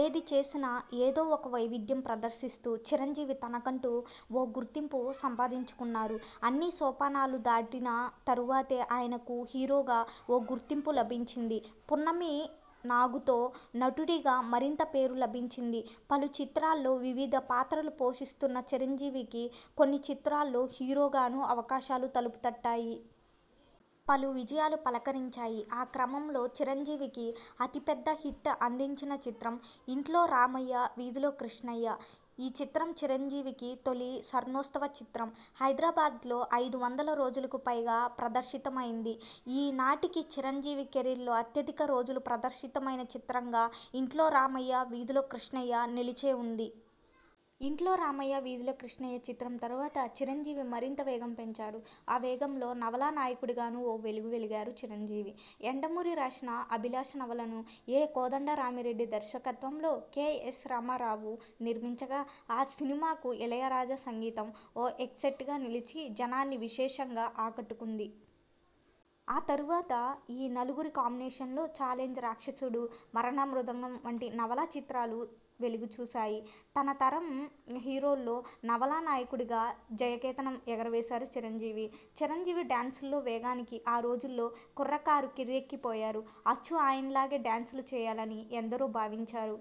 ఏది చేసినా ఏదో ఒక వైవిధ్యం ప్రదర్శిస్తూ చిరంజీవి తనకంటూ ఓ గుర్తింపు సంపాదించుకున్నారు. అన్ని సోపానాలు దాటిన తరువాతే ఆయనకు హీరోగా ఓ గుర్తింపు లభించింది. 'పున్నమినాగు'తో నటుడిగా మరింత పేరు లభించింది. పలు చిత్రాల్లో వివిధ పాత్రలు పోషిస్తున్న చిరంజీవికి కొన్ని చిత్రాల్లో హీరోగానూ అవకాశాలు తలుపుతట్టాయి. పలు విజయాలు పలకరించాయి. ఆ క్రమంలో చిరంజీవికి అతిపెద్ద హిట్ అందించిన చిత్రం 'ఇంట్లో రామయ్య-వీధిలో కృష్ణయ్య'. ఈ చిత్రం చిరంజీవికి తొలి స్వర్ణోత్సవ చిత్రం. హైదరాబాద్లో ఐదు వందల రోజులకు పైగా ప్రదర్శితమయింది. ఈ నాటికీ చిరంజీవి కెరీర్లో అత్యధిక రోజులు ప్రదర్శితమైన చిత్రంగా 'ఇంట్లో రామయ్య- వీధిలో కృష్ణయ్య' నిలిచే ఉంది. 'ఇంట్లో రామయ్య-వీధిలో కృష్ణయ్య' చిత్రం తరువాత చిరంజీవి మరింత వేగం పెంచారు. ఆ వేగంలో నవలా నాయకుడిగానూ ఓ వెలుగు వెలిగారు చిరంజీవి. యండమూరి రాసిన 'అభిలాష' నవలను ఎ. కోదండరామిరెడ్డి దర్శకత్వంలో కె. ఎస్. రామారావు నిర్మించగా, ఆ సినిమాకు ఇళయరాజా సంగీతం ఓ ఎస్సెట్గా నిలచి జనాన్ని విశేషంగా ఆకట్టుకుంది. ఆ తరువాత ఈ నలుగురి కాంబినేషన్లో "ఛాలెంజ్, రాక్షసుడు, మరణమృదంగం" వంటి నవలా చిత్రాలు వెలుగు చూశాయి తన తరం హీరోల్లో నవలానాయకుడిగా జయకేతనం ఎగురవేశారు చిరంజీవి. చిరంజీవి డాన్సుల్లో వేగానికి ఆ రోజుల్లో కుర్రకారు కిర్రెక్కి పోయారు. అచ్చు ఆయనలాగే డాన్సులు చేయాలని ఎందరో భావించారు.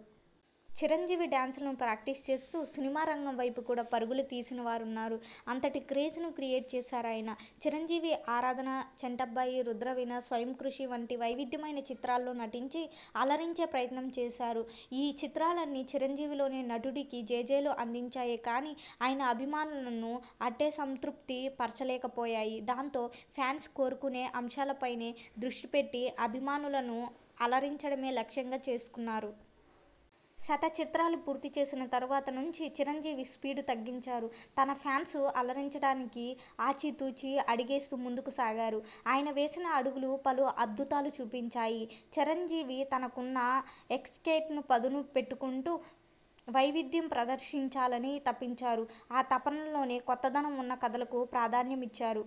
చిరంజీవి డాన్సులను ప్రాక్టీస్ చేస్తూ సినిమా రంగంవైపు కూడా పరుగులు తీసిన వారున్నారు. అంతటి క్రేజ్ ను క్రియేట్ చేశారాయన. చిరంజీవి 'ఆరాధన, చంటబ్బాయ్, రుద్రవీణ, స్వయంకృషి" వంటి వైవిధ్యమైన చిత్రాల్లో నటించి అలరించే ప్రయత్నం చేశారు ఈ చిత్రాలన్నీ చిరంజీవిలోని నటుడికి జేజేలు అందించాయే కానీ, ఆయన అభిమానులను ఆట్టే సంతృప్తి పరచలేకపోయాయి దాంతో ఫ్యాన్స్ కోరుకొనే అంశాలపైనే దృష్టి పెట్టి అభిమానులను అలరించడమే లక్ష్యంగా చేసుకున్నారు. శత చిత్రాలు పూర్తిచేసిన తరువాత నుంచీ చిరంజీవి స్పీడు తగ్గించారు. తన ఫ్యాన్స్ను అలరించడానికి ఆచి తూచి అడుగేస్తూ ముందుకు సాగారు. ఆయన వేసిన అడుగులు పలు అధ్భుతాలు చూపించాయి. చిరంజీవి తనకున్న ఎస్సెట్స్కే పదును పెట్టుకుంటూ వైవిధ్యం ప్రదర్శించాలని తపించారు. ఆ తపనలోనే కొత్తదనం ఉన్న కథలకు ప్రాధాన్యమిచ్చారు.